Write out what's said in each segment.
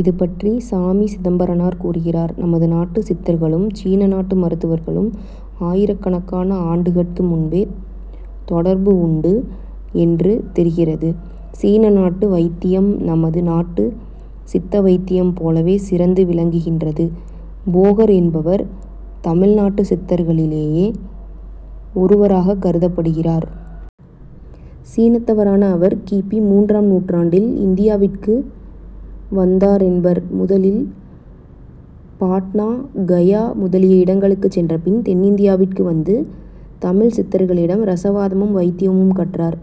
இதுபற்றிச் சாமி சிதம்பரனார் கூறுகிறார்: "நமது நாட்டுச் சித்தர்களும், சீன நாட்டுச் மருத்துவர்களுக்கும் ஆயிரக்கணக்கான ஆண்டுகட்டு முன்பே தொடர்பு உண்டு என்று தெரிகிறது... சீன நாட்டு வைத்தியம் நமது நாட்டுச் சித்த வைத்தியம் போலவே சிறந்து விளங்ககின்றது... போகர் என்பவர் தமிழ் நாட்டுச் சித்தர்களிலே ஒருவராகக் கருதப்படுகிறார். சீனத்தவரான அவர் கி. பி. மூன்றாம் நூற்றாண்டில் இந்தியாவுக்கு வந்தாரென்பர். முதலில் பாட்னா, கயா, முதலிய இடங்களுக்குச் சென்றபின், தென்னிந்தியாவுக்கு வந்து, தமிழ்ச் சித்தரிடம் இரசவாதமும் வைத்தியமும் கற்றார்.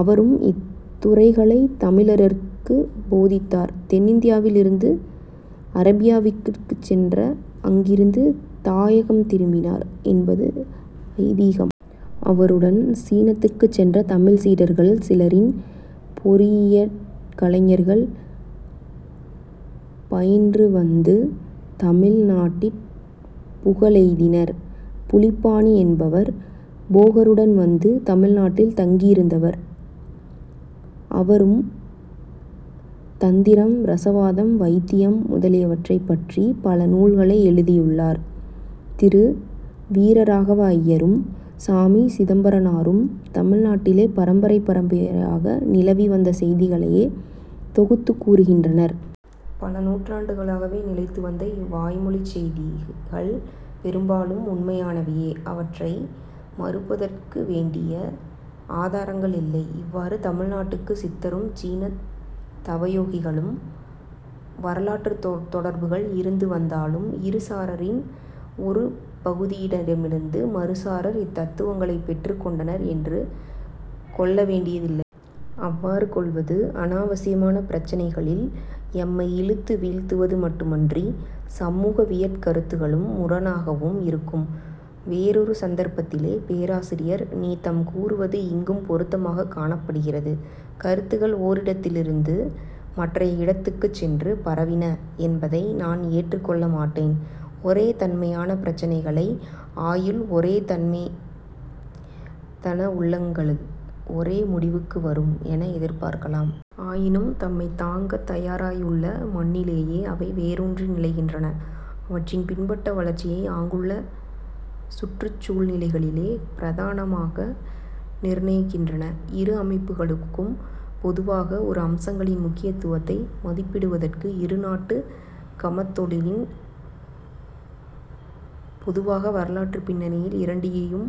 அவரும் இத்துறைகளைத் தமிழருக்குப் போதித்தார். தென்னிந்தியாவிலிருந்து அராபியாவுக்குச் சென்று, அங்கிருந்து தாயகம் திரும்பினார் என்பது ஐதீகம். அவருடன் சீனத்துக்குச் சென்ற தமிழ்ச் சீடர்கள் சிலர் பொறியியற் கலைகள் பயின்று வந்து தமிழ் நாட்டிற் புகழெய்தினர். புலிப்பாணி என்பவர் போகருடன் வந்து தமிழ் நாட்டில் தங்கியிருந்தவர். அவரும் தந்திரம், இரசவாதம், வைத்தியம் முதலியனவற்றைப் பற்றிப் பல நூல்கள் எழுதியுள்ளார். திரு. வீரராகவ ஐயரும், சாமி சிதம்பரனாரும் தமிழ்நாட்டிலே பரம்பரை பரம்பரையாக நிலவி வந்தசெய்திகளையே தொகுத்துக் கூறுகின்றனர். பல நூற்றாண்டுகளாக நிலைத்து வந்த இவ்வாய்மொழிச் செய்திகள் பெரும்பாலும் உண்மையானவையே. அவற்றை மறுப்பதற்கு வேண்டிய ஆதாரங்கள் இல்லை. இவ்வாறு தமிழ் நாட்டுச் சித்தருக்கும் சீனத் தவோயிகளுக்கும் வரலாற்றுத் தொடர்புகள் இருந்து வந்தாலும், இரு சாராரில் ஒரு பகுதியினடமிருந்து மறுசாரார் இத் தத்துவங்களைப் பெற்றுக் கொண்டனர் என்று கொள்ள வேண்டியதில்லை. அவ்வாறு கொள்வது அநாவசியமான பிரச்சினைகளில் எம்மை இழுத்து வீழ்த்துவது மட்டுமின்றிச் சமூகவியற் கருத்துக்களுக்கு முரணாகவும் இருக்கும். வேறொரு சந்தர்ப்பத்திலே பேராசிரியர் நீதாம் கூறுவது இங்கும் பொருத்தமாகக் காணப்படுகிறது. "கருத்துக்கள் ஓரிடத்திலிருந்து மற்றைய இடத்துக்குச் சென்று பரவின என்பதை நான் ஏற்றுக் கொள்ள மாட்டேன். ஒரே தன்மையான பிரச்சினைகளை ஆயும் ஒரே தன்மைத்தான உள்ளங்கள் ஒரே முடிவுக்கு வரும் என எதிர்பார்க்கலாம். ஆயினும், தம்மைத் தாங்கத் தயாராயுள்ள மண்ணிலேயே அவை வேரூன்றி நிலைக்கின்றன. அவற்றின் பிற்பட்ட வளர்ச்சியை ஆங்குள்ள சுற்றுச் சூழ்நிலைகளே பிரதானமாக நிர்ணயிக்கின்றன. இரு அமைப்புகளுக்கும் பொதுவாக உள்ள அம்சங்களின் முக்கியத்துவத்தை மதிப்பிடுவதற்கு, இரு நாட்டுக் கமத்தொழிலின் பொதுவான வரலாற்றுப் பின்னணியில் இரண்டையும்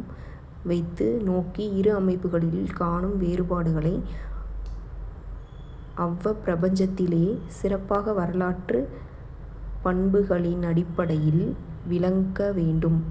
வைத்து நோக்கி, இரு அமைப்புகளிலும் காணும் வேறுபாடுகளை அவ்வப் பிரபஞ்சத்தின் சிறப்பான வரலாற்றுப் பண்புகளினடிப்படையில் விளக்க வேண்டும்.